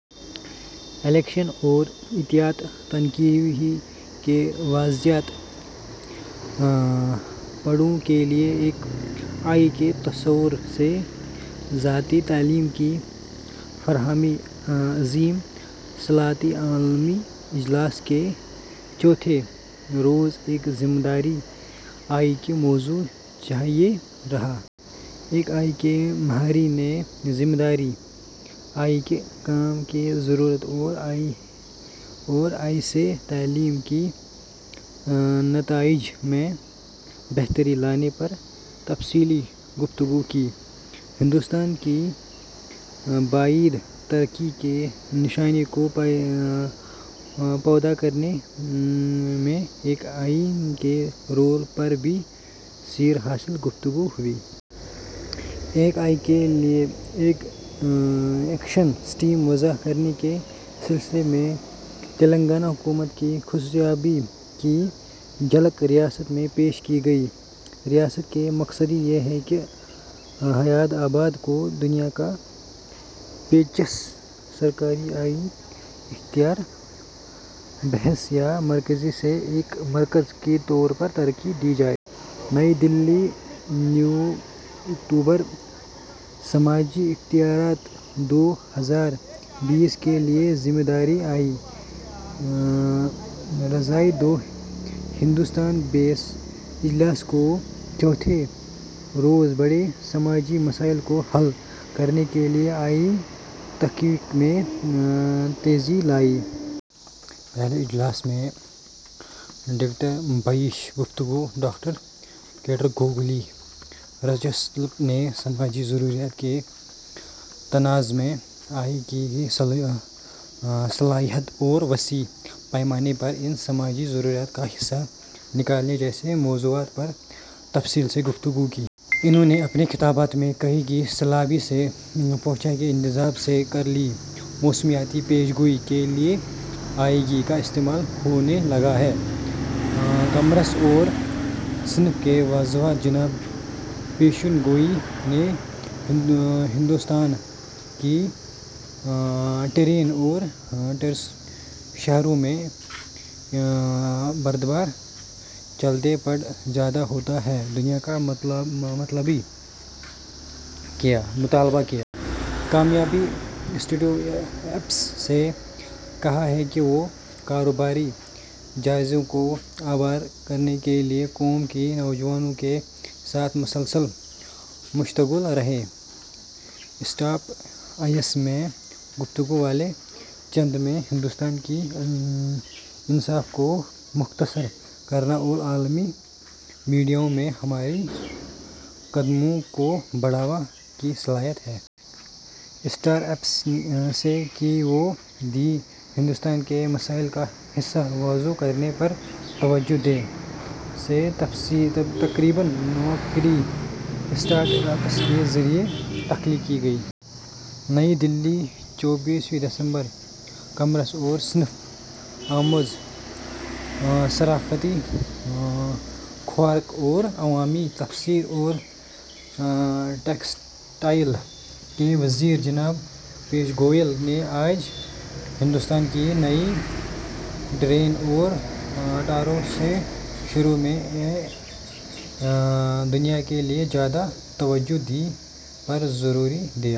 Electronics اور اطلاعات technology کی وزارت بہتر پڑھائی کے لیے اے آئی کے توسط سے ذاتی تعلیم کی فراہمی، عظیم الشان عالمی اجلاس کے چوتھے روز ایک ذمہ دار اے آئی کا موضوع چھایا رہا۔ اے آئی کے ماہرین نے ذمہ دار اے آئی کے قیام کی ضرورت اور اے آئی سے تعلیم کے نتائج میں بہتری لانے پر تفصیلی گفتگو کی۔ ہندوستان کی پائیدار ترقی کے نشانے کو پورا کرنے میں اے آئی کے رول پر بھی سیر حاصل گفتگو ہوئی۔ اے آئی کے لیے ایک ایکو سسٹم وضع کرنے کے سلسلے میں تلنگانہ حکومت کی حصولیابیوں کی جھلک ریاست میں پیش کی گئی۔ ریاست کا مقصد یہ ہے کہ حیدرآباد کو دنیا کے پچیس سرکردہ اے آئی اختراعی ہبس یا مراکز میں سے ایک مرکز کے طور پر ترقی دی جائے۔ نئی دہلی، نو اکتوبر: سماجی اختیارات دو ہزار بیس کے لیے ذمہ دار اے آئی رائز دو ہزار بیس اجلاس کے چوتھے روز بڑے سماجی مسائل کو حل کرنے کے لیے اے آئی تحقیق میں تیزی لانے، تعلیمی نتائج میں سدھار کے لیے اے آئی کو مؤثر بنانے اور ہندوستان کے لیے کلی طور پر اے آئی کے مواقع جیسے موضوعات پر تفصیلی گفتگو ہوئی۔ پہلے اجلاس میں doctor Manish Gupta, director Google research lab نے سماجی ضروریات کے تناظر میں اے آئی کی صلاحیت اور وسیع پیمانے پر ان سماجی ضروریات کا حل نکالنے جیسے موضوعات پر تفصیل سے گفتگو کی۔ انھوں نے اپنے خطاب میں کہا کہ سیلاب سے بچاؤ کے انتباہ سے لے کر موسمیاتی پیش گوئی کے لیے اے آئی کا استعمال ہونے لگا ہے۔ کامرس اور صنعت کی وزارت جناب پیوش گوئل نے ہندوستان کے ٹائر ون اور ٹائر ٹو شہروں میں انٹرپرینیورشپ کو پروان چڑھانے پر زیادہ توجہ دینے کا مطالبہ کیا۔ کامیاب اسٹارٹ اپس سے کہا ہے کہ وہ کاروباری جذبے کو ابھارنے کے لیے قوم کے نوجوانوں کے ساتھ مسلسل مشغول رہیں۔ اسٹارٹ اپس میں گلوبل ویلیو چینز میں ہندوستان کے انضمام کو متحرک کرنے اور عالمی منڈیوں میں ہمارے قدموں کو بڑھانے کی صلاحیت ہے، جناب پیوش گوئل نے کہا۔ اسٹارٹ اپس سے کہا کہ وہ دیہی ہندوستان کے مسائل کا حل وضع کرنے پر توجہ دیں۔ سے تقریباً نوکریاں اسٹارٹ اپس کے ذریعہ تخلیق کی گئیں۔ National startup advisory council کے تیسرے اجلاس میں کلیدی خطاب پیش کیا۔ نئی دہلی، چوبیس دسمبر: کامرس اور صنعت، امور صارفین، خوراک اور عوامی تقسیم اور ٹیکسٹائل کے وزیر جناب پیوش گوئل نے آج ہندوستان کے ٹائر ون اور ٹائر ٹو شہروں میں انٹرپرینیورشپ کو فروغ دینے کے لیے زیادہ توجہ دینے پر زور دیا۔